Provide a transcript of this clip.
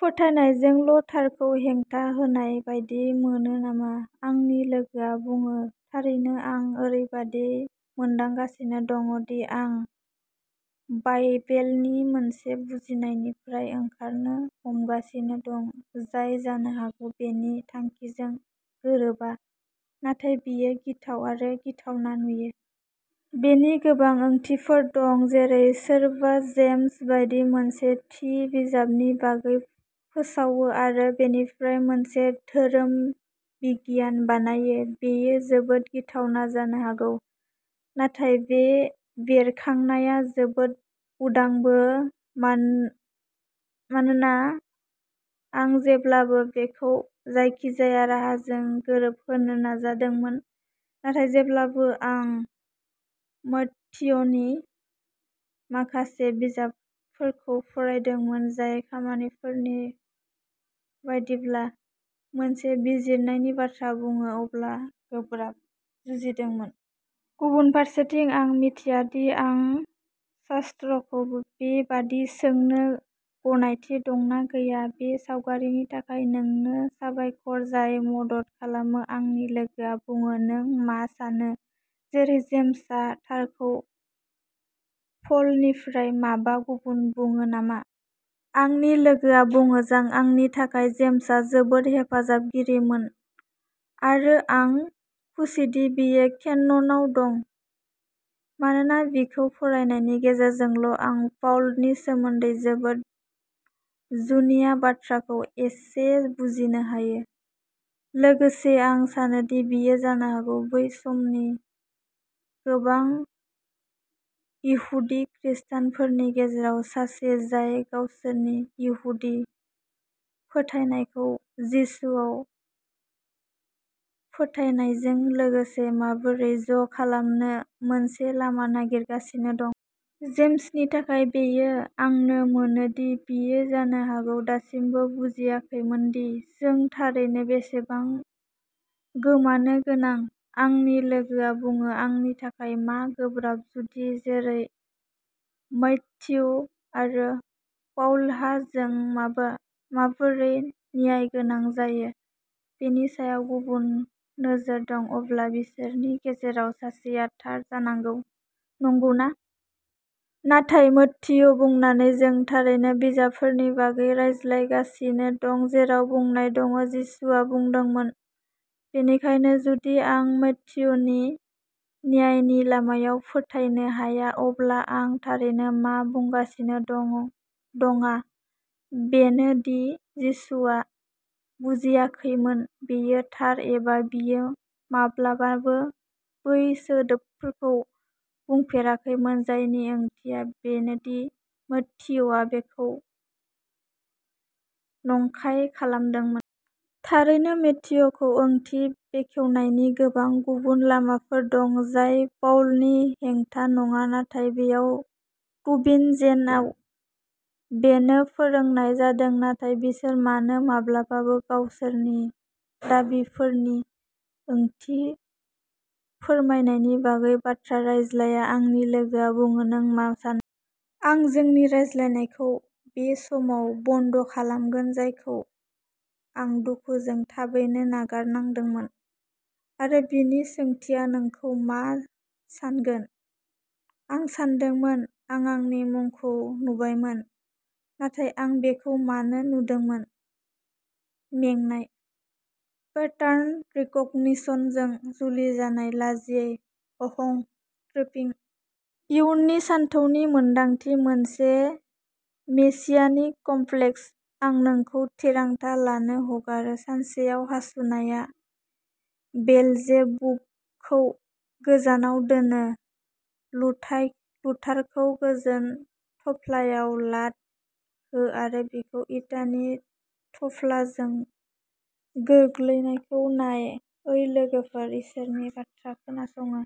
फोथायनायजोंल' थारखौ हेंथा होनाय बायदि मोनो नामा? आंनि लोगोआ बुङो थारैनो आं ओरैबायदि मोनदांगासिनो दं दि आं बाइबेलनि मोनसे बुजिनायनिफ्राय ओंखारनो हमगासिनो दं, जाय जानो हागौ बेनि थांखिजों गोरोबा। नाथाय बेयो गिथाव आरो गिथावना नुयो। बेनि गोबां ओंथिफोर दं जेरै, सोरबा जेम्स बायदि मोनसे थि बिजाबनि बागै फोसावो आरो बेनिफ्राय मोनसे धोरोम बिगियान बानायो, बेयो जोबोद गिथावना जानो हागौ। नाथाय बे बेरखांनाया जोबोद उदांबो मान मानोना आं जेब्लाबो बेखौ जायखिजाया राहाजों गोरोबहोनो नाजादोंमोन, नाथाय जेब्लानो आं मैथ्यूनि माखासे बिजाबफोरखौ फरायदोंमोन, जाय खामानिफोरनि बायदिब्ला मोनसे बिजिरनायनि बाथ्रा बुङो, अब्ला गोब्राब जुजिदोंमोन। गुबुन फारसेथिं आं मिथिया दि आं शास्त्रखौ बेबादि सोंनो गनायथि दं ना गैया। बे सावगारिनि थाखाय नोंनो साबायखर जाय मदद खालामो। आंनि लोगोआ बुङो "नों मा सानो जेरै जेम्सआ थारखौ प'लनिफ्राय माबा गुबुन बुङो नामा?" आंनि लोगोआ बुङो जां, आंनि थाखाय जेम्सआ जोबोद हेफाजाबगिरिमोन आरो आं खुसिदि बियो केननआव दं, मानोना बिखौ फरायनायनि गेजेरजोंल'आं पाउलनि सोमोन्दै जोबोद जुनिया बाथ्राखौ एसे बुजिनो हायो। लोगोसे आं सानोदि बियो जानो हागौ बै समनि गोबां इहुदि खृस्टानफोरनि गेजेराव सासे जाय गावसोरनि इहुदि फोथायनायखौ जिसुआव फोथायनायजों लोगोसे माबोरै ज' खालामनो मोनसे लामा नागिरगासिनो दंमोन। जेम्सनि थाखाय बेयो आंनो मोनो दि बियो जानो हागौ दासिमबो बुजियाखैमोनदि जों थारैनो बेसेबां गोमानो गोनां? आंनि लोगोआ बुङो "आंनि थाखाय मा गोब्राब" जुदि जेरै मैथ्यु आरो पाउलहा जों माबा माबोरै न्यायगोनां जायो बेनि सायाव गुबुन नोजोर दं, अब्ला बिसोरनि गेजेराव सासेआ थार जानांगौ, नंगौना? नाथाय मैथ्यु बुंनानै जों थारैनो बिजाबफोरनि बागै रायलायगासिनो दं जेराव बुंनाय दं जिसुआ बुंदोंमोन बेनिखायनो जुदि आं मैथ्युनि न्यायनि लामायाव फोथायनो हाया, अब्ला आं थारैनो मा बुंगासिनो दङ दंआ बेनो दि जिसुआ बुजियाखैमोन। बेयो थार एबा बियो माब्लाबाबो बै सोदोबफोरखौ बुंफेराखैमोन, जायनि ओंथिया बेनोदि मैथ्युआ बेफोरखौ नंखाय खालामदोंमोन। थारैनो मैथ्युखौ ओंथि बेखेवनायनि गोबां गुबुन लामाफोर दं जाय पाउलनि हेंथा नङा, नाथाय बेयाव तुबिनजेनआव बेनो फोरोंनाय जादों। नाथाय बिसोर मानो माब्लाबाबो गावसोरनि दाबिफोरनि ओंथि फोरमायनायनि बागै बाथ्रा रायज्लाया? आंनि लोगोआ बुङो "नों मा सानो? आं जोंनि रायज्लायनायखौ बे समाव बन्द' खालामगोन, जायखौ आं दुखुजों थाबैनो नागारनांदोंमोन आरो बिनि सोंथिया नोंखौ मा सान्गोन? आं सानदोंमोन आं आंनि मुंखौ नुबायमोन। नाथाय आं बेखौ मानो नुदोंमोन? मेंनाय? पेटार्न रिकग्निशनजों जुलि जानाय लाजियै अहं-ट्रिपिं? इयुननि सानथौनि मोनदांथि? मोनसे मेसियानिक कमप्लेक्स? आं नोंखौ थिरांथा लानो हगारो"। सानसेयाव हासुनाया बेलजेबुबखौ गोजानाव दोनो लुथारखौ गोजोन थफ्लायाव लात हो आरो बिखौ इटानि थफ्लाजों गोग्लैनायखौ नाय ओइ लोगोफोर, इसोरनि बाथ्रा खोनासङो।